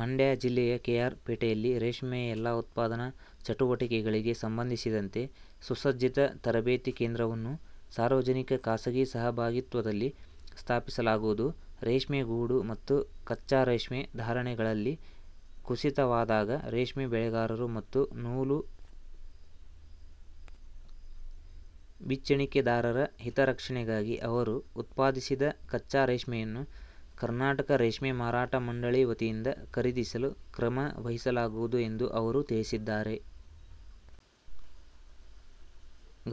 ಮಂಡ್ಯ ಜಿಲ್ಲೆಯ K. R. ಪೇಟೆಯಲ್ಲಿ ರೇಷ್ಮೆಯ ಎಲ್ಲಾ ಉತ್ಪಾದನಾ ಚಟುವಟಿಕೆಗಳಿಗೆ ಸಂಬಂಧಿಸಿದಂತೆ ಸುಸಜ್ಜಿತ ತರಬೇತಿ ಕೇಂದ್ರವನ್ನು ಸಾರ್ವಜನಿಕ- ಖಾಸಗಿ ಸಹಭಾಗಿತ್ವದಲ್ಲಿ ಸ್ಥಾಪಿಸಲಾಗುವುದು, ರೇಷ್ಮೆಗೂಡು ಮತ್ತು ಕಚ್ಚಾ ರೇಷ್ಮೆ ಧಾರಣೆಗಳಲ್ಲಿ ಕುಸಿತವಾದಾಗ ರೇಷ್ಮೆ ಬೆಳೆಗಾರರು ಮತ್ತು ನೂಲು ಬಿಚ್ಚಣಿಕೆದಾರರ ಹಿತರಕ್ಷಣೆಗಾಗಿ ಅವರು ಉತ್ಪಾದಿಸಿದ ಕಚ್ಚಾ ರೇಷ್ಮೆಯನ್ನು ಕರ್ನಾಟಕ ರೇಷ್ಮೆ ಮಾರಾಟ ಮಂಡಳಿ ವತಿಯಿಂದ ಖರೀದಿಸಲು ಕ್ರಮ ವಹಿಸಲಾಗುವುದು ಎಂದು ಅವರು ತಿಳಿಸಿದ್ದಾರೆ.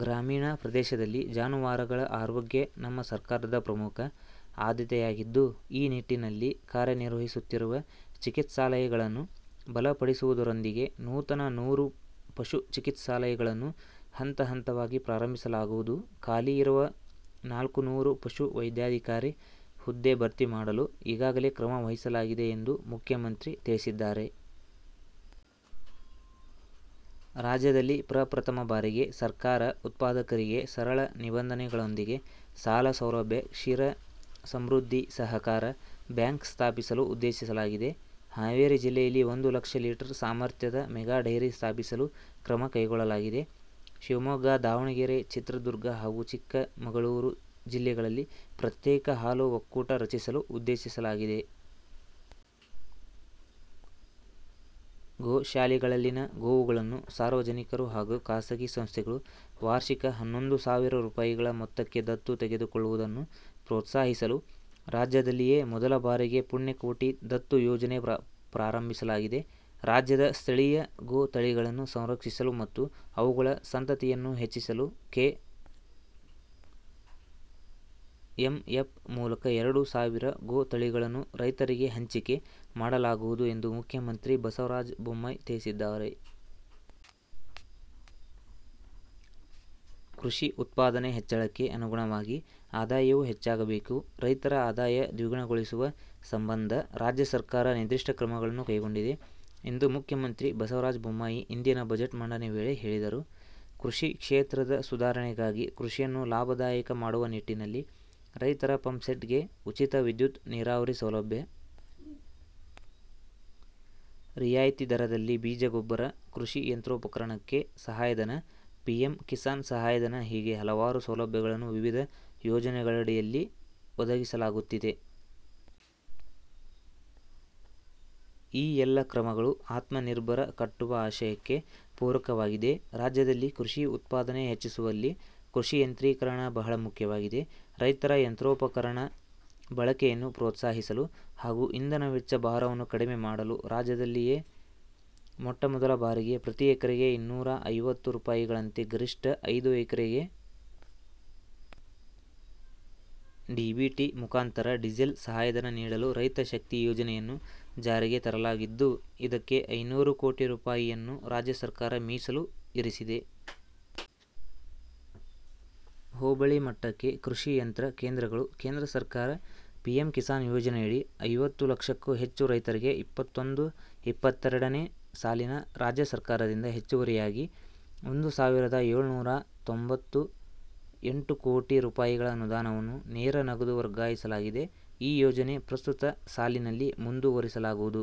ಗ್ರಾಮೀಣ ಪ್ರದೇಶದಲ್ಲಿ ಜಾನುವಾರಗಳ ಆರೋಗ್ಯ ನಮ್ಮ ಸರ್ಕಾರದ ಪ್ರಮುಖ ಆದ್ಯತೆಯಾಗಿದ್ದು, ಈ ನಿಟ್ಟಿನಲ್ಲಿ ಕಾರ್ಯನಿರ್ವಹಿಸುತ್ತಿರುವ ಚಿಕಿತ್ಸಾಲಯಗಳನ್ನು ಬಲಪಡಿಸುವುದರೊಂದಿಗೆ ನೂತನ ನೂರು ಪಶು ಚಿಕಿತ್ಸಾಲಯಗಳನ್ನು ಹಂತ ಹಂತವಾಗಿ ಪ್ರಾರಂಭಿಸಲಾಗುವುದು, ಖಾಲಿಯಿರುವ ನಾಲ್ಕು ನೂರು ಪಶು ವೈದ್ಯಾಧಿಕಾರಿ ಹುದ್ದೆ ಭರ್ತಿ ಮಾಡಲು ಈಗಾಗಲೇ ಕ್ರಮ ವಹಿಸಲಾಗಿದೆ ಎಂದು ಮುಖ್ಯಮಂತ್ರಿ ತಿಳಿಸಿದ್ದಾರೆ. ರಾಜ್ಯದಲ್ಲಿ ಪ್ರಪ್ರಥಮ ಬಾರಿಗೆ ಸರ್ಕಾರ ಉತ್ಪಾದಕರಿಗೆ ಸರಳ ನಿಬಂಧನೆಗಳೊಂದಿಗೆ ಸಾಲ ಸೌಲಭ್ಯ- ಕ್ಷೀರ ಸಮೃದ್ಧಿ ಸಹಕಾರ ಬ್ಯಾಂಕ್ ಸ್ಥಾಪಿಸಲು ಉದ್ದೇಶಿಸಲಾಗಿದೆ. ಹಾವೇರಿ ಜಿಲ್ಲೆಯಲ್ಲಿ ಒಂದು ಲಕ್ಷ ಲೀಟರ್ ಸಾಮರ್ಥ್ಯದ ಮೆಗಾ ಡೈರಿ ಸ್ಥಾಪಿಸಲು ಕ್ರಮ ಕೈಗೊಳ್ಳಲಾಗಿದೆ. ಶಿವಮೊಗ್ಗ, ದಾವಣಗೆರೆ- ಚಿತ್ರದುರ್ಗ ಹಾಗೂ ಚಿಕ್ಕಮಗಳೂರು ಜಿಲ್ಲೆಗಳಲ್ಲಿ ಪ್ರತ್ಯೇಕ ಹಾಲು ಒಕ್ಕೂಟ ರಚಿಸಲು ಉದ್ದೇಶಿಸಲಾಗಿದೆ. ಗೋಶಾಲೆಗಳಲ್ಲಿನ ಗೋವುಗಳನ್ನು ಸಾರ್ವಜನಿಕರು ಹಾಗೂ ಖಾಸಗಿ ಸಂಸ್ಥೆಗಳು ವಾರ್ಷಿಕ ಹನ್ನೊಂದು ಸಾವಿರ ರುಪಾಯಿಗಳ ಮೊತ್ತಕ್ಕೆ ದತ್ತು ತೆಗೆದುಕೊಳ್ಳುವುದನ್ನು ಪ್ರೋತ್ಸಾಹಿಸಲು ರಾಜ್ಯದಲ್ಲಿಯೇ ಮೊದಲ ಬಾರಿಗೆ ಪುಣ್ಯಕೋಟಿ ದತ್ತು ಯೋಜನೆ ಪ್ರಾರಂಭಿಸಲಾಗಿದೆ. ರಾಜ್ಯದ ಸ್ಥಳೀಯ ಗೋ ತಳಿಗಳನ್ನು ಸಂರಕ್ಷಿಸಲು ಮತ್ತು ಅವುಗಳ ಸಂತತಿಯನ್ನು ಹೆಚ್ಚಿಸಲು ಕೆ. ಎಂ. ಎಫ್ ಮೂಲಕ ಎರಡು ಸಾವಿರ ಗೋ ತಳಿಗಳನ್ನು ರೈತರಿಗೆ ಹಂಚಿಕೆ ಮಾಡಲಾಗುವುದು ಎಂದು ಮುಖ್ಯಮಂತ್ರಿ ಬಸವರಾಜ ಬೊಮ್ಮಾಯಿ ತಿಳಿಸಿದ್ದಾರೆ. ಕೃಷಿ ಉತ್ಪಾದನೆ ಹೆಚ್ಚಳಕ್ಕೆ ಅನುಗುಣವಾಗಿ ಆದಾಯವೂ ಹೆಚ್ಚಾಗಬೇಕು. ರೈತರ ಆದಾಯ ದ್ವಿಗುಣಗೊಳಿಸುವ ಸಂಬಂಧ ರಾಜ್ಯ ಸರ್ಕಾರ ನಿರ್ದಿಷ್ಟ ಕ್ರಮಗಳನ್ನು ಕೈಗೊಂಡಿದೆ ಎಂದು ಮುಖ್ಯಮಂತ್ರಿ ಬಸವರಾಜ ಬೊಮ್ಮಾಯಿ ಇಂದಿನ ಬಜೆಟ್ ಮಂಡನೆ ವೇಳೆ ಹೇಳಿದರು. ಕೃಷಿ ಕ್ಷೇತ್ರದ ಸುಧಾರಣೆಗಾಗಿ ಕೃಷಿಯನ್ನು ಲಾಭದಾಯಕ ಮಾಡುವ ನಿಟ್ಟಿನಲ್ಲಿ ರೈತರ ಪಂಪ್ ಸೆಟ್ ಗೆ ಉಚಿತ ವಿದ್ಯುತ್, ನೀರಾವರಿ ಸೌಲಭ್ಯ, ರಿಯಾಯಿತಿ ದರದಲ್ಲಿ ಬೀಜ ಗೊಬ್ಬರ, ಕೃಷಿ ಯಂತ್ರೋಪಕರಣಕ್ಕೆ ಸಹಾಯಧನ, ಪಿಎಂ ಕಿಸಾನ್ ಸಹಾಯಧನ ಹೀಗೆ ಹಲವಾರು ಸೌಲಭ್ಯಗಳನ್ನು ವಿವಿಧ ಯೋಜನೆಗಳಡಿಯಲ್ಲಿ ಒದಗಿಸಲಾಗುತ್ತಿದೆ. ಈ ಎಲ್ಲ ಕ್ರಮಗಳು ಆತ್ಮ ನಿರ್ಭರ್ ಕಟ್ಟುವ ಆಶಯಕ್ಕೆ ಪೂರಕವಾಗಿದೆ. ರಾಜ್ಯದಲ್ಲಿ ಕೃಷಿ ಉತ್ಪಾದನೆ ಹೆಚ್ಚಿಸುವಲ್ಲಿ ಕೃಷಿ ಯಂತ್ರೀಕರಣ ಬಹಳ ಮುಖ್ಯವಾಗಿದೆ. ರೈತರ ಯಂತ್ರೋಪಕರಣ ಬಳಕೆಯನ್ನು ಪ್ರೋತ್ಸಾಹಿಸಲು ಹಾಗೂ ಇಂಧನ ವೆಚ್ಚ ಭಾರವನ್ನು ಕಡಿಮೆ ಮಾಡಲು ರಾಜ್ಯದಲ್ಲಿಯೇ ಮೊಟ್ಟ ಮೊದಲ ಬಾರಿಗೆ ಪ್ರತಿ ಎಕರೆಗೆ ಇನ್ನೂರಾ ಐವತ್ತು ರೂಪಾಯಿಗಳಂತೆ ಗರಿಷ್ಠ ಐದು ಎಕರೆಗೆ ಡಿಬಿಟಿ ಮುಖಾಂತರ ಡೀಸೆಲ್ ಸಹಾಯಧನ ನೀಡಲು ರೈತ ಶಕ್ತಿ ಯೋಜನೆಯನ್ನು ಜಾರಿಗೆ ತರಲಾಗಿದ್ದು, ಇದಕ್ಕೆ ಐನೂರು ಕೋಟಿ ರೂಪಾಯಿಯನ್ನು ರಾಜ್ಯ ಸರ್ಕಾರ ಮೀಸಲು ಇರಿಸಿದೆ. ಹೋಬಳಿ ಮಟ್ಟಕ್ಕೆ ಕೃಷಿ ಯಂತ್ರ ಕೇಂದ್ರಗಳು ಕೇಂದ್ರ ಸರ್ಕಾರ ಪಿಎಂ ಕಿಸಾನ್ ಯೋಜನೆಯಡಿ ಐವತ್ತು ಲಕ್ಷಕ್ಕೂ ಹೆಚ್ಚು ರೈತರಿಗೆ ಇಪ್ಪತ್ತೊಂದು-ಇಪ್ಪತೆರಡನೇ ಸಾಲಿನ ರಾಜ್ಯ ಸರ್ಕಾರದಿಂದ ಹೆಚ್ಚುವರಿಯಾಗಿ ಒಂದು ಸಾವಿರದ ಏಳುನೂರಾ ತೊಂಬತ್ತ ಎಂಟು ಕೋಟಿ ರುಪಾಯಿಗಳ ಅನುದಾನವನ್ನು ನೇರ ನಗದು ವರ್ಗಾಯಿಸಲಾಗಿದೆ. ಈ ಯೋಜನೆ ಪ್ರಸ್ತುತ ಸಾಲಿನಲ್ಲಿ ಮುಂದುವರಿಸಲಾಗುವುದು.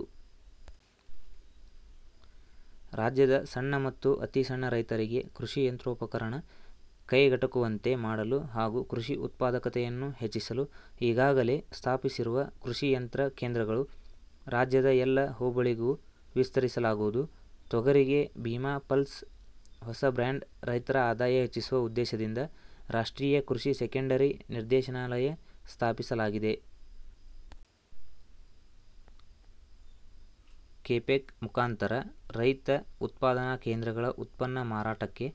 ರಾಜ್ಯದ ಸಣ್ಣ ಮತ್ತು ಅತೀ ಸಣ್ಣ ರೈತರಿಗೆ ಕೃಷಿ ಯಂತ್ರೋಪಕರಣ ಕೈಗೆಟಕುವಂತೆ ಮಾಡಲು ಹಾಗೂ ಕೃಷಿ ಉತ್ಪಾದಕತೆಯನ್ನು ಹೆಚ್ಚಿಸಲು ಈಗಾಗಲೇ ಸ್ಥಾಪಿಸಿರುವ ಕೃಷಿ ಯಂತ್ರ ಕೇಂದ್ರಗಳು ರಾಜ್ಯದ ಎಲ್ಲ ಹೋಬಳಿಗೂ ವಿಸ್ತರಿಸಲಾಗುವುದು. ತೊಗರಿಗೆ ಭೀಮಾ ಪಲ್ಸ್ ಹೊಸ ಬ್ರ್ಯಾಂಡ್ ರೈತರ ಆದಾಯ ಹೆಚ್ಚಿಸುವ ಉದ್ದೇಶದಿಂದ ರಾಷ್ಟ್ರೀಯ ಕೃಷಿ ಸೆಕೆಂಡರಿ ನಿರ್ದೇಶನಾಲಯ ಸ್ಥಾಪಿಸಲಾಗಿದೆ. ಕೆಪೆಕ್ ಮುಖಾಂತರ ರೈತ ಉತ್ಪಾದನಾ ಕೇಂದ್ರಗಳ ಉತ್ಪನ್ನ ಮಾರಾಟಕ್ಕೆ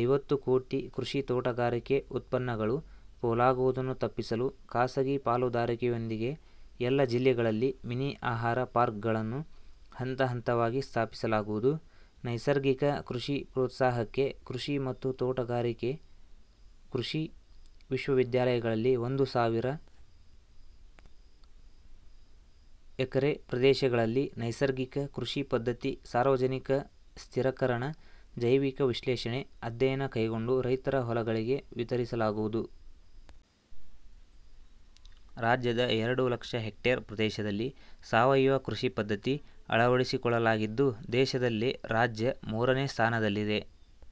ಐವತ್ತು ಕೋಟಿ, ಕೃಷಿ ತೋಟಗಾರಿಕೆ ಉತ್ಪನ್ನಗಳು ಪೋಲಾಗುವುದನ್ನು ತಪ್ಪಿಸಲು ಖಾಸಗಿ ಪಾಲುದಾರಿಕೆಯೊಂದಿಗೆ ಎಲ್ಲ ಜಿಲ್ಲೆಗಳಲ್ಲಿ ಮಿನಿ ಆಹಾರ ಪಾರ್ಕ್ ಗಳನ್ನು ಹಂತ-ಹಂತವಾಗಿ ಸ್ಥಾಪಿಸಲಾಗುವುದು. ನೈಸರ್ಗಿಕ ಕೃಷಿ ಪ್ರೋತ್ಸಾಹಕ್ಕೆ ಕೃಷಿ ಮತ್ತು ತೋಟಗಾರಿಕಾ ಕೃಷಿ ವಿಶ್ವವಿದ್ಯಾಲಯಗಳಲ್ಲಿ ಒಂದು ಸಾವಿರ ಎಕರೆ ಪ್ರದೇಶಗಳಲ್ಲಿ ನೈಸರ್ಗಿಕ ಕೃಷಿ ಪದ್ಧತಿ, ಸಾರ್ವಜನಿಕ ಸ್ಥಿರಕರಣ, ಜೈವಿಕ ವಿಶ್ಲೇಷಣೆ ಅಧ್ಯಯನ ಕೈಗೊಂಡು ರೈತರ ಹೊಲಗಳಿಗೆ ವಿತರಿಸಲಾಗುವುದು. ರಾಜ್ಯದ ಎರಡು ಲಕ್ಷ ಹೆಕ್ಟೇರ್ ಪ್ರದೇಶದಲ್ಲಿ ಸಾವಯವ ಕೃಷಿ ಪದ್ಧತಿ ಅಳವಡಿಸಿಕೊಳ್ಳಲಾಗಿದ್ದು, ದೇಶದಲ್ಲೇ ರಾಜ್ಯ ಮೂರನೇ ಸ್ಥಾನದಲ್ಲಿದೆ.